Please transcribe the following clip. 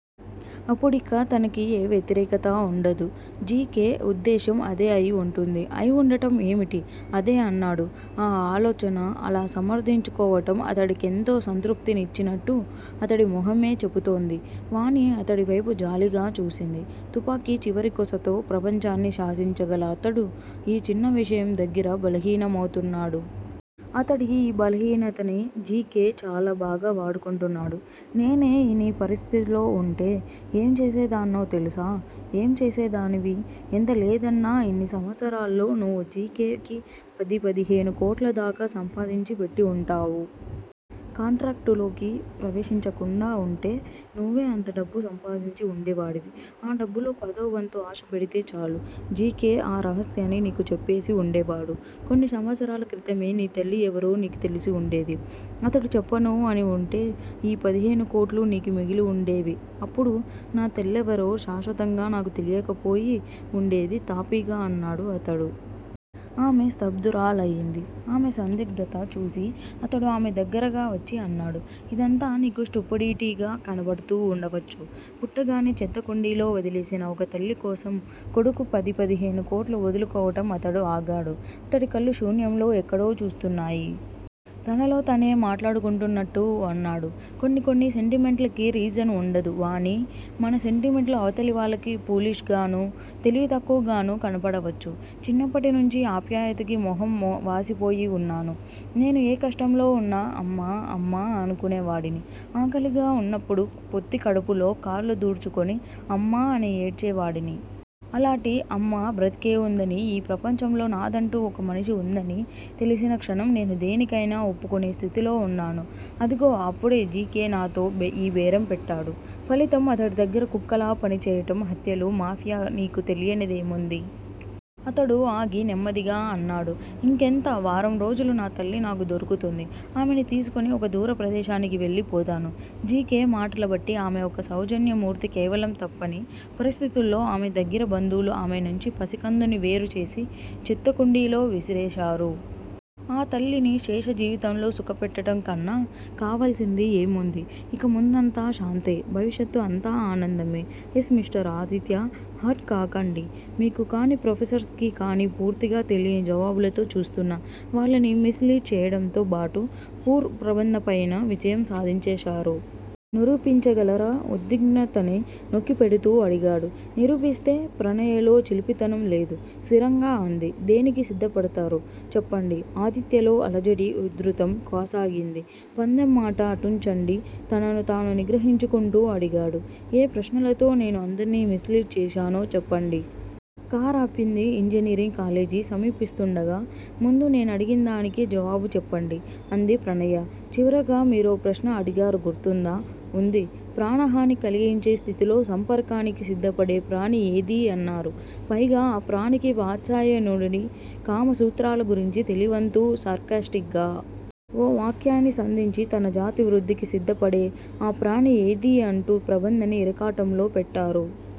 అప్పుడిక తనకి ఏ వ్యతిరేకతా వుండదు. జి. కె. వుద్దేశ్యం అదే అయి వుంటుంది. 'అయివుండటం' ఏమిటి? అదే అన్నాడు. ఆ ఆలోచన, అలా సమర్ధించుకోవటం అతడికెంతో సంతృప్తి ఇచ్చినట్టు అతడి మొహమే చెపుతోంది. వాణి అతడి వైపు జాలిగా చూసింది. తుపాకి చివరి కొసతో ప్రపంచాన్ని శాసించగల 'అతడు' ఈ చిన్న విషయం దగ్గిర బలహీనమవుతున్నాడు. అతడి ఈ బలహీనతని జి. కే. చాలా బాగా వాడుకుంటున్నాడు. నేనే నీ పరిస్థితిలో వుంటే ఏం చేసే దాన్నో తెలుసా? ఏం చేసే దానివి? ఎంత లేదన్నా ఇన్ని సంవత్సరాల్లో నువ్వు జి. కే. కి పది పదిహేను కోట్ల దాకా సంపాదించి పెట్టి వుంటావు. కాంట్రాక్టులోకి ప్రవేశించకుండా వుంటే, నువ్వే అంత డబ్బూ సంపాదించి వుండేవాడివి. ఆ డబ్బులో పదోవంతు ఆశ పెడితే చాలు- జి. కే. ఆ రహస్యాన్ని నీకు చెప్పేసి వుండేవాడు. కొన్ని సంవత్సరాల క్రితమే నీ తల్లి ఎవరో నీకు తెలిసివుండేది అతడు చెప్పనూ అని వుంటే ఈ పదిహేను కోట్లూ నీకు మిగిలి వుండేవి అప్పుడు నా తల్లెవరో శాశ్వతంగా నాకు తెలియకపోయి వుండేది తాపీగా అన్నాడు అతడు. ఆమె స్థబ్దురాలయింది. ఆమె సందిగ్దత చూసి అతడు ఆమె దగ్గరగా వచ్చి అన్నాడు. ఇదంతా నీకు స్టుపిడిటీగా కనపడుతూ వుండవచ్చు. పుట్టగానే చెత్తకుండీలో వదిలేసిన ఒక తల్లి కోసం కొడుకు పది, పదిహేను కోట్లు వదులుకోవటం అతడు ఆగాడు. అతడి కళ్ళు శూన్యంలో ఎక్కడో చూస్తున్నాయి. తనలో తనే మాట్లాడుకుంటున్నట్టూ అన్నాడు. కొన్ని కొన్ని సెంటిమెంట్లకి రీజన్ వుండదు వాణీ! మన సెంటిమెంట్లు అవతలి వాళ్ళకి ఫూలిష్ గానూ, తెలివి తక్కువగానూ కనపడవచ్చు. చిన్నప్పటి నుంచీ ఆప్యాయతకి మొహం వాసిపోయివున్నాను. నేను ఏ కష్టంలో వున్నా 'అమ్మా- అమ్మా' అనుకునే వాడిని. ఆకలిగా వున్నప్పుడు పొత్తికడుపులో కాళ్ళు దూర్చుకుని 'అమ్మా' అని ఏడ్చే వాడిని. అలాటి 'అమ్మ' బ్రతికేవుందనీ ఈ ప్రపంచంలో నాదంటూ ఒక మనిషి వుందనీ తెలిసిన క్షణం నేను దేనికైనా ఒప్పుకునే స్థితిలో వున్నాను. అదిగో అప్పుడే జి. కే. నాతో ఈ బేరం పెట్టాడు. ఫలితం అతడి దగ్గర కుక్కలా పని చేయటం- హత్యలు, మాఫియా నీకు తెలియనిదేముంది? అతడు ఆగి, నెమ్మదిగా అన్నాడు. ఇంకెంత? వారం రోజులు నా తల్లి నాకు దొరుకుతుంది. ఆమెని తీసుకుని ఒక దూర ప్రదేశానికి వెళ్లి పోతాను. జి. కే. మాటలబట్టి ఆమె ఒక సౌజన్య మూర్తి కేవలం తప్పని పరిస్థితుల్లో ఆమె దగ్గిర బంధువులు ఆమె నుంచి పసికందుని వేరు చేసి చెత్తకుండీలో విసిరేశారు. ఆ తల్లిని శేష జీవితంలో సుఖపెట్టటంకన్నా కావల్సింది ఏముంది? ఇక ముందంతా శాంతే. భవిష్యత్తు అంతా ఆనందమే. Yes mister Aditya! హర్ట్ కాకండి. మీకు కాని, ప్రొఫెసర్స్ కి కాని పూర్తిగా తెలీని జవాబులతో చూస్తున్న వాళ్ళని మిస్ లీడ్ చేయడంతో బాటు పూర్ ప్రబంధపైన విజయం సాధించేశారు. నిరూపించగలరా? ఉద్విగ్నతని నొక్కిపెడుతూ అడిగాడు. నిరూపిస్తే? ప్రణయలో చిలిపితనం లేదు. స్థిరంగా అంది- దేనికి సిద్ద పడతారు? చెప్పండి. ఆదిత్యలో అలజడి ఉధృతం కాసాగింది. పందెం మాట అటుంచండి తనను తాను నిగ్రహించుకుంటూ అడిగాడు. ఏ ప్రశ్నలతో నేను అందర్నీ మిస్ లీడ్ చేశానో చెప్పండి. కారాపింది ఇంజనీరింగ్ కాలేజీ సమీపిస్తుండగా ముందు నేనడిగిందానికి జవాబు చెప్పండి అంది ప్రణయ. చివరగా మీరో ప్రశ్న అడిగారు గుర్తుందా? ఉంది. ప్రాణహాని కలిగించే స్థితిలో సంపర్కానికి సిద్దపడే ప్రాణి ఏదీ అన్నారు పైగా ఆ ప్రాణికి వాత్స్యాయనుడి కామసూత్రాల గురించి తెలీవంతూ సర్కాస్టిక్ గా ఓ వాక్యాన్ని సంధించి తన జాతి వృద్దికి సిద్ద పడే ఆ ప్రాణి ఏదీ అంటూ ప్రబంధని ఇరకాటంలో పెట్టారు